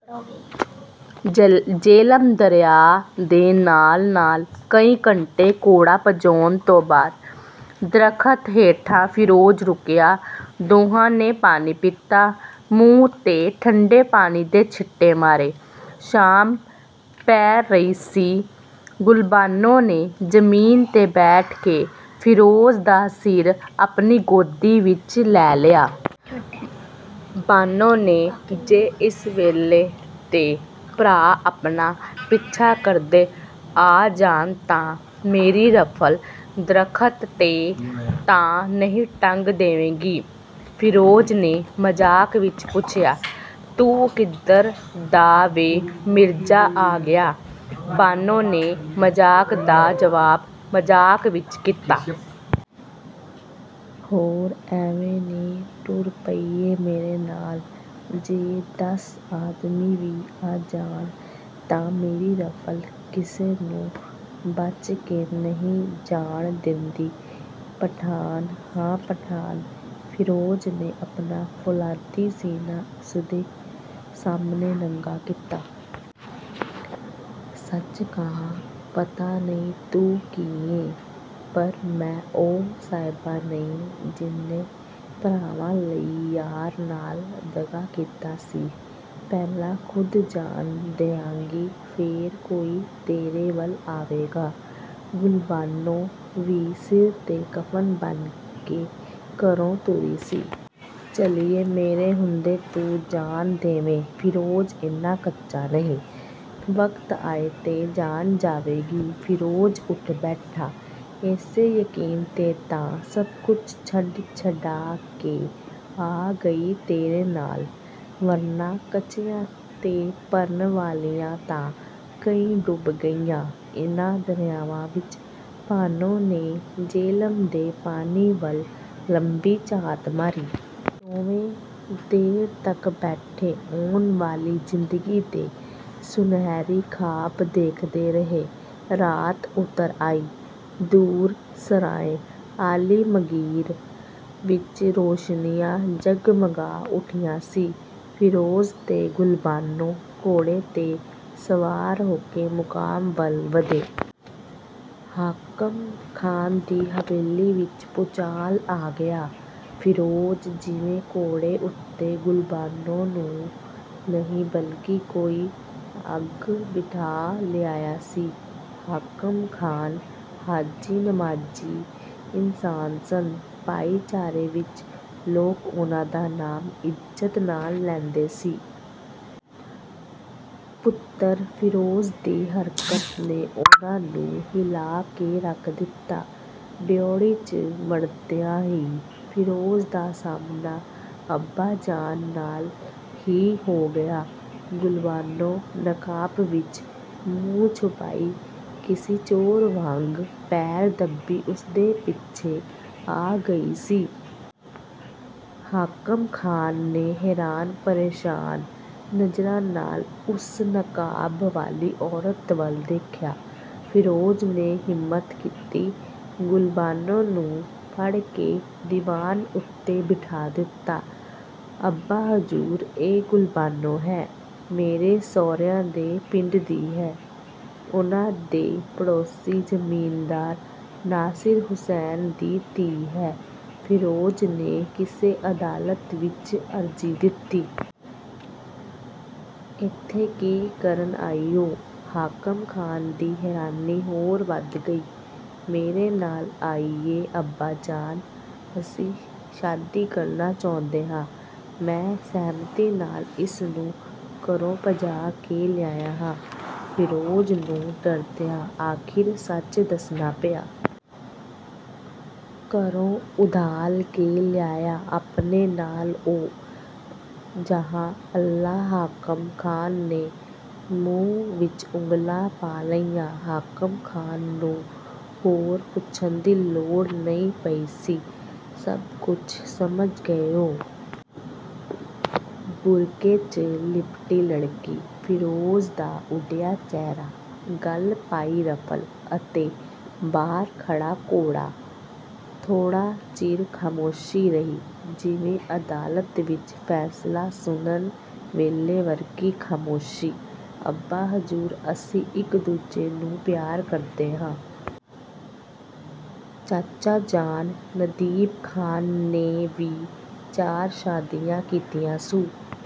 ਜੇਹਲਮ ਦਰਿਆ ਦੇ ਨਾਲ ਨਾਲ ਕਈ ਘੰਟੇ ਘੋੜਾ ਭਜਾਉਣ ਤੋਂ ਬਾਅਦ ਦਰੱਖਤ ਹੇਠਾਂ ਫਿਰੋਜ਼ ਰੁਕਿਆ। ਦੋਹਾਂ ਨੇ ਪਾਣੀ ਪੀਤਾ, ਮੂੰਹ ਤੇ ਠੰਡੇ ਪਾਣੀ ਦੇ ਸਿੱਟੇ ਮਾਰੇ। ਸ਼ਾਮ ਤੈਰ ਰਹੀ ਸੀ, ਗੁਲਬਾਨੋ ਨੇ ਜ਼ਮੀਨ ਤੇ ਬੈਠ ਕੇ ਫਿਰੋਜ਼ ਦਾ ਸਿਰ ਆਪਣੀ ਗੋਦੀ ਵਿਚ ਲੈ ਲਿਆ। ਬਾਨੋ… ਜੇ ਇਸ ਵੇਲੇ ਤੇ ਭਰਾ ਆਪਣਾ ਪਿੱਛਾ ਕਰਦੇ ਆ ਜਾਣ ਤਾਂ ਮੇਰੀ ਰਫ਼ਲ ਦਰੱਖਤ ਤੇ ਤਾਂ ਨਹੀ ਟੰਗ ਦੇਵੇਗੀ…! ਫਿਰੋਜ਼ ਨੇ ਮਜ਼ਾਕ ਵਿੱਚ ਪੁੱਛਿਆ। "ਤੂੰ ਕਿੱਧਰ ਦਾ ਵੇ ਮਿਰਜ਼ਾ ਆ ਗਿਆ..! ਬਾਨੋ ਨੇ ਮਜ਼ਾਕ ਦਾ ਜਵਾਬ ਮਜ਼ਾਕ ਵਿੱਚ ਦਿਤਾ। ਹੋਰ ਐਵੇਂ ਨੀ ਟੁਰ ਪਈ ਏਂ ਮੇਰੇ ਨਾਲ..! ਜੇ ਦਸ ਆਦਮੀ ਵੀ ਆ ਜਾਣ, ਤਾਂ ਮੇਰੀ ਰਫ਼ਲ ਕਿਸੇ ਨੂੰ ਬੱਚ ਕੇ ਨਹੀ ਜਾਣ ਦਿੰਦੀ… ਪਠਾਣ ਹਾਂ ਪਠਾਣ… ਫਿਰੋਜ਼ ਨੇ ਆਪਣਾ ਫੌਲਾਦੀ ਸੀਨਾ ਉਸ ਦੇ ਸਾਹਮਣੇ ਨੰਗਾ ਕੀਤਾ। "ਸੱਚ ਕਹਾਂ ਪਤਾ ਨਹੀਂ ਤੂੰ ਕੀ ਏਂ! ਪਰ ਮੈਂ ਉਹ ਸਹਿਬਾਂ ਨਹੀ, ਜਿਹਨੇ ਭਰਾਵਾਂ ਲਈ ਯਾਰ ਨਾਲ ਦਗਾ ਕੀਤਾ ਸੀ। ਪਹਿਲਾ ਖੁੱਦ ਜਾਨ ਦਿਆਂਗੀ, ਫੇਰ ਕੋਈ ਤੇਰੇ ਵੱਲ ਆਵੇਗਾ…. ਗੁਲਬਾਨੋ ਵੀ ਸਿਰ ਤੇ ਕਫਨ ਬੰਨ੍ਹ ਕੇ ਘਰੋ ਤੁਰੀ ਸੀ। ਝੱਲੀਏ… ਮੇਰੇ ਹੁੰਦੇ ਤੂੰ ਜਾਨ ਦੇਵੇ…! ਫਿਰੋਜ਼ ਇੰਨ੍ਹਾਂ ਕੱਚਾ ਨਹੀ.. ਵਕਤ ਆਏ ਤੇ ਜਾਣ ਜਾਵੇਗੀ.. ਫਿਰੋਜ਼ ਉਠ ਬੈਠਾ। "ਇਸੇ ਯਕੀਨ ਤੇ ਤਾਂ ਸਭ ਕੁਛ ਛੱਡ-ਛਡਾ ਕੇ ਆ ਗਈ ਤੇਰੇ ਨਾਲ। ਵਰਨਾ ਕੱਚਿਆ ਤੇ ਤਰਨ ਵਾਲੀਆਂ ਤਾਂ ਕਈ ਡੁੱਬ ਗਈਆਂ ਇੰਨ੍ਹਾਂ ਦਰਿਆਵਾਂ ਵਿੱਚ… ਬਾਨੋ ਨੇ ਜੇਹਲਮ ਦੇ ਪਾਣੀ ਵੱਲ ਲੰਮੀ ਝਾਤ ਮਾਰੀ। ਦੋਵੇ ਦੇਰ ਤੱਕ ਬੈਠੇ ਆਉਣ ਵਾਲੀ ਜ਼ਿੰਦਗੀ ਦੇ ਸੁਨਹਿਰੀ ਖ਼ਾਬ ਦੇਖਦੇ ਰਹੇ। ਰਾਤ ਉਤਰ ਆਈ, ਦੂਰ 'ਸਰਾਏ ਆਲਮਗੀਰ' ਵਿੱਚ ਰੋਸ਼ਨੀਆਂ ਜਗਮਗਾ ਉਠੀਆ ਸੀ। ਫਿਰੋਜ਼ ਤੇ ਗੁਲਬਾਨੋ ਘੋੜੇ ਤੇ ਸਵਾਰ ਹੋ ਕੇ ਮੁਕਾਮ ਵੱਲ ਵਧੇ। "ਹਾਕਮ ਖ਼ਾਨ ਦੀ ਹਵੇਲੀ ਵਿੱਚ ਭੁਚਾਲ ਆ ਗਿਆ। ਫਿਰੋਜ਼ ਜਿਵੇਂ ਘੋੜੇ ਉਤੇ ਗੁਲਬਾਨੋ ਨੂੰ ਨਹੀ ਬਲਕਿ ਕੋਈ ਅੱਗ ਬਿਠਾ ਲਿਆਇਆਂ ਸੀ। ਹਾਕਮ ਖ਼ਾਨ 'ਹਾਜੀ-ਨਮਾਜ਼ੀ' ਇਨਸਾਨ ਸਨ। ਭਾਈਚਾਰੇ ਵਿੱਚ ਲੋਕ ਉਨ੍ਹਾਂ ਦਾ ਨਾਮ ਇਜ਼ਤ ਨਾਲ ਲੈਦੇਂ ਸੀ। ਪੁੱਤਰ ਫਿਰੋਜ਼ ਦੀ ਹਰਕਤ ਨੇ ਉਨ੍ਹਾਂ ਨੂੰ ਹਿਲਾ ਕੇ ਰੱਖ ਦਿਤਾ। ਡਿਉਢੀ, ਚ' ਵੜਦਿਆਂ ਹੀ ਫਿਰੋਜ਼ ਦਾ ਸਾਹਮਣਾ ਅੱਬਾਜਾਨ ਨਾਲ ਹੀ ਹੋ ਗਿਆ। ਗੁਲਬਾਨੋ ਨਕਾਬ ਵਿੱਚ ਮੂੰਹ ਛੁਪਾਈ ਕਿਸੇ ਚੋਰ ਵਾਂਗ ਪੈਰ ਦੱਬੀ ਉਸਦੇ ਪਿੱਛੇ ਆ ਗਈ ਸੀ। ਹਾਕਮ ਖਾਨ ਨੇ ਹੈਰਾਨ ਪਰੇਸ਼ਾਨ ਨਜ਼ਰਾਂ ਨਾਲ ਉਸ ਨਕਾਬ ਵਾਲੀ ਔਰਤ ਵੱਲ ਦੇਖਿਆ। ਫਿਰੋਜ਼ ਨੇ ਹਿੰਮਤ ਕੀਤੀ ਗੁਲਬਾਨੋ ਨੂੰ ਫੜਕੇ ਦੀਵਾਨ ਉਤੇ ਬਿਠਾ ਦਿਤਾ। "ਅੱਬਾ ਹਜ਼ੂਰ… ਇਹ ਗੁਲਬਾਨੋ ਹੈ, ਮੇਰੇ ਸਹੁਰਿਆਂ ਦੇ ਪਿੰਡ ਦੀ ਹੈ, ਉਨ੍ਹਾਂ ਦੇ ਪੜੋਸੀ ਜ਼ਮੀਨਦਾਰ ਨਾਸਿਰ ਹੁਸੈਨ ਦੀ ਧੀ ਹੈ"… ਫਿਰੋਜ਼ ਨੇ ਜਿਵੇਂ ਕਿਸੇ ਅਦਾਲਤ ਵਿੱਚ ਅਰਜ਼ੀ ਦਿਤੀ। "ਇਥੇ ਕੀ ਕਰਨ ਆਈ ਊ….! ਹਾਕਮ ਖਾਨ ਦੀ ਹੈਰਾਨੀ ਹੋਰ ਵੱਧ ਗਈ… "ਮੇਰੇ ਨਾਲ ਆਈ ਏ ਅੱਬਾ ਜਾਨ, ਅਸੀ ਸ਼ਾਦੀ ਕਰਨਾ ਚਹੁੰਦੇ ਹਾਂ। ਮੈਂ ਸਹਿਮਤੀ ਨਾਲ ਇਸ ਨੂੰ ਘਰੋ ਭਜਾ ਕੇ ਲਿਆਇਆ ਹਾਂ… ਫਿਰੋਜ਼ ਨੂੰ ਡਰਦਿਆ ਆਖਿਰ ਸੱਚ ਦੱਸਣਾ ਪਿਆ…. ਘਰੋ ਉਧਾਲ ਕੇ ਲਿਆਇਆ ਆਪਣੇ ਨਾਲ ਊ…! ਜਹਾ ਅੱਲਾਹ ਹਾਕਮ ਖਾਨ ਨੇ ਮੂੰਹ ਵਿੱਚ ਉਗਲਾਂ ਪਾ ਲਈਆ। ਹਾਕਮ ਖਾਨ ਨੂੰ ਹੁਣ ਹੋਰ ਪੁੱਛਣ ਦੀ ਲੋੜ ਨਹੀ ਪਈ ਸੀ। ਸਭ ਕੁਝ ਸਮਝ ਗਏ ਉਹ। ਬੁਰਕੇ, ਚ' ਲਿਪਟੀ ਲੜਕੀ, ਫਿਰੋਜ਼ ਦਾ ਉਡਿਆ ਚਿਹਰਾ, ਗਲ ਪਾਈ ਰਫਲ ਅਤੇ ਬਾਹਰ ਖੜ੍ਹਾ ਘੋੜਾ। ਥੋੜ੍ਹਾ ਚਿਰ ਖਾਮੋਸ਼ੀ ਰਹੀ, ਜਿਵੇਂ ਅਦਾਲਤ ਵਿੱਚ ਫੈਸਲਾ ਸੁਨਣ ਵੇਲੇ ਵਰਗੀ ਖਾਮੋਸ਼ੀ। "ਅੱਬਾ ਹਜ਼ੂਰ"ਅਸੀ ਇੱਕ ਦੂਜੇ ਨੂੰ ਪਿਆਰ ਕਰਦੇ ਹਾਂ। ਚਾਚਾ ਜਾਨ ਨਦੀਮ ਖ਼ਾਨ ਨੇ ਵੀ ਚਾਰ ਸ਼ਾਦੀਆ ਕੀਤੀਆ ਸੂ।